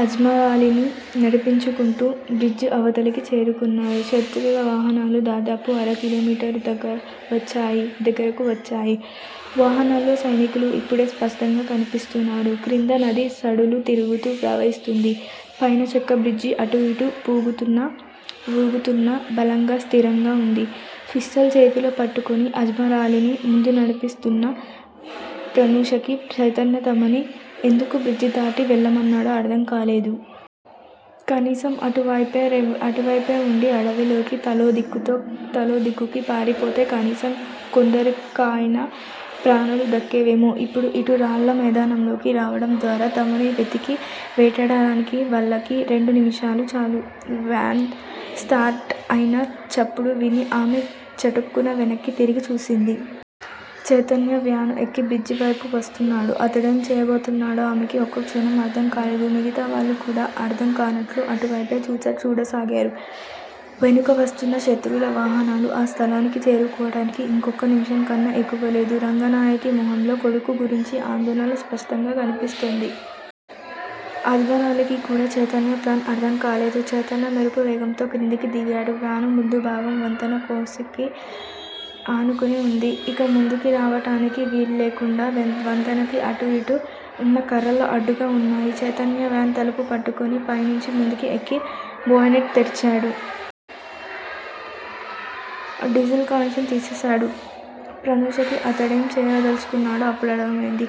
అజ్మరాలీని నడిపించుకుంటూ బ్రిడ్జి అవతలికి చేరుకున్నారు. శత్రువుల వాహనాలు దాదాపు అరకిలోమీటరు దగ్గరకు వచ్చాయి. వాహనాల్లో సైనికులు ఇప్పుడు స్పష్టంగా కనిపిస్తున్నారు. క్రింద నది సుడులు తిరుగుతూ ప్రవహిస్తూంది. పైన చెక్కబ్రిడ్జి అటూ ఇటూ వూగుతున్నా, బలంగా స్థిరంగా వుంది. పిస్టల్ చేతిలో పట్టుకుని, అజ్మరాలీని ముందు నడిపిస్తూన్న ప్రనూషకి చైతన్య తమని ఎందుకు బ్రిడ్జి దాటి వెళ్ళమన్నాడో అర్ధంకాలేదు. కనీసం అటువైపే వుండి అడవిలోకి తలోదిక్కుకీ పారిపోతే కనీసం కొందరికయినా ప్రాణాలు దక్కేవేమో! ఇప్పుడు ఇటు రాళ్ళ మైదానంలోకి రావడం ద్వారా, తమని వెతికి వేటాడటానికి వాళ్ళకి రెండు నిముషాలు చాలు. వ్యాను స్టార్ట్ అయిన చప్పుడు విని ఆమె చటుక్కున వెనక్కి తిరిగి చూసింది. చైతన్య వ్యాను ఎక్కి బ్రిడ్జివైపు వస్తున్నాడు. అతడేం చేయబోతున్నాడో ఆమెకి ఒక్కక్షణం అర్ధంకాలేదు. మిగతావాళ్ళు కూడా అర్ధంకానట్లు అటువైపే చూడసాగారు. వెనుక వస్తున్న శత్రువుల వాహనాలు ఆ స్థలానికి చేరుకోవటానికి ఇంకొక్క నిమిషంకన్నా ఎక్కువ లేదు. రంగనాయకి మొహంలో కొడుకు గురించిన ఆందోళన స్పష్టంగా కనిపిస్తూంది. అజ్మరాలీకి కూడా చైతన్య ప్లాన్ అర్ధంకాలేదు. చైతన్య మెరుపు వేగంతో క్రిందికి దిగాడు. వ్యాను ముందుభాగం వంతెన కొసకి ఆనుకొని వుంది. ఇక ముందుకి రావటానికి వీల్లేకుండా వంతెనకి అటూ ఇటూ వున్న కర్రలు అడ్డుగా వున్నాయి. చైతన్య వ్యాన్ తలుపు పట్టుకొని పైనుంచి ముందుకి ఎక్కి బోయెనెట్ తెరిచాడు. డీజిల్ కనెక్షన్ తీసేశాడు. ప్రనూషకి అతడేం చేయదల్చుకున్నాడో అప్పుడు అర్ధమైంది.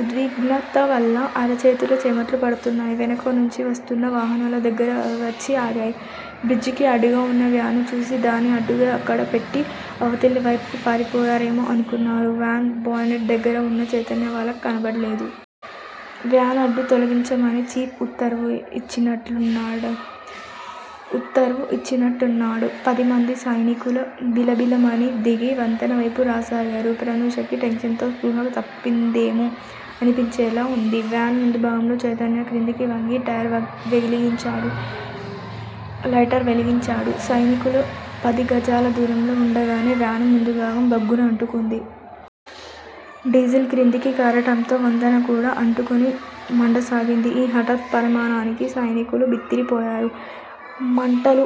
ఉద్విగ్నతవల్ల అరచేతులు చెమట్లు పడుతున్నాయి. వెనుక నుంచి వస్తూన్న వాహనాలు దగ్గరగా వచ్చి ఆగాయి. బ్రిడ్జికి అడ్డుగా వున్న వ్యాన్ని చూసి, దాన్ని అడ్డుగా అక్కడ పెట్టి అవతలివైపుకి పారిపోయారేమో అనుకున్నారు. వ్యాన్ బోయెనెట్ దగ్గర వున్న చైతన్య వాళ్ళకి కనపడలేదు. వ్యాన్ అడ్డు తొలగించమని 'చీఫ్' ఉత్తర్వు యిచ్చినట్టున్నాడు. పదిమంది సైనికులు బిలబిలమని దిగి, వంతెనవైపు రాసాగారు. ప్రనూషకి టెన్షన్ తో స్పృహ తప్పిదేమో అనిపించేలా వుంది. వ్యాన్ ముందుభాగంలో చైతన్య క్రిందికి వంగి లైటర్ వెలిగించాడు. సైనికులు పది గజాల దూరంలో వుండగానే వ్యాన్ ముందుభాగం భగ్గున అంటుకుంది. డీజిల్ క్రిందికి కారటంతో వంతెన కూడా అంటుకుని మండసాగింది. ఈ హఠాత్పరిణామానికి సైనికులు బిత్తిరీపోయారు. మంటలు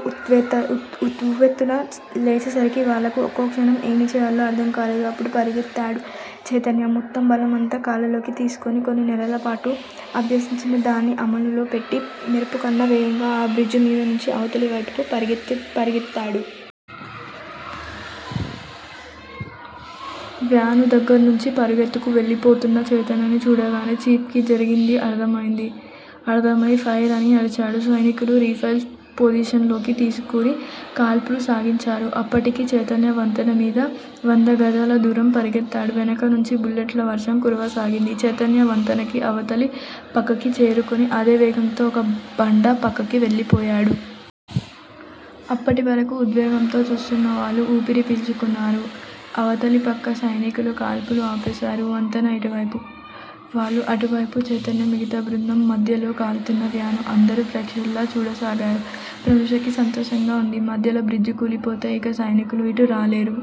ఉవ్వెత్తున లేచేసరికి వాళ్ళకి ఒక్కక్షణం ఏం చేయాలో అర్ధంకాలేదు. అప్పుడు పరుగెత్తాడు చైతన్య మొత్తం బలం అంతా కాళ్ళలోకి తీసుకొని కొన్ని నెలలపాటు అభ్యసించిన దాన్ని అమలులో పెట్టి మెరుపుకన్నా వేగంగా ఆ బ్రిడ్జి మీదనుంచి అవతలివైపుకి పరుగెత్తాడు. వ్యానూ దగ్గర్నుంచి పరుగెత్తుకు వెళ్ళిపోతున్న చైతన్యని చూడగానే 'చీఫ్' కి జరిగింది అర్ధమై ఫైర్ అని అరిచాడు. సైనికులు రైఫిల్స్ పొజిషన్ లోకి తీసుకుని కాల్పులు సాగించారు. అప్పటికీ చైతన్య వంతెన మీద వందగజాల దూరం పరుగెత్తాడు. వెనుకనుంచి బుల్లెట్ల వర్షం కురవసాగింది. చైతన్య వంతెనకి అవతలి పక్కకి చేరుకొని, అదే వేగంతో ఒక బండ పక్కకి వెళ్ళిపోయాడు. అప్పటివరకూ ఉద్వేగంతో చూస్తున్న వాళ్ళు ఊపిరి పీల్చుకున్నారు. అవతలిపక్క సైనికులు కాల్పులు ఆపేశారు. వంతెనకి ఇటువైపు వాళ్ళు, అటువైపు చైతన్యా, మిగతా బృందం మధ్యలో కాలుతున్న వ్యాను అందరూ ప్రేక్షకుల్లా చూడసాగారు. ప్రనూషకి సంతోషంగా వుంది. మధ్యలో బ్రిడ్జి కూలిపోతే ఇక సైనికులు ఇటు రాలేరు.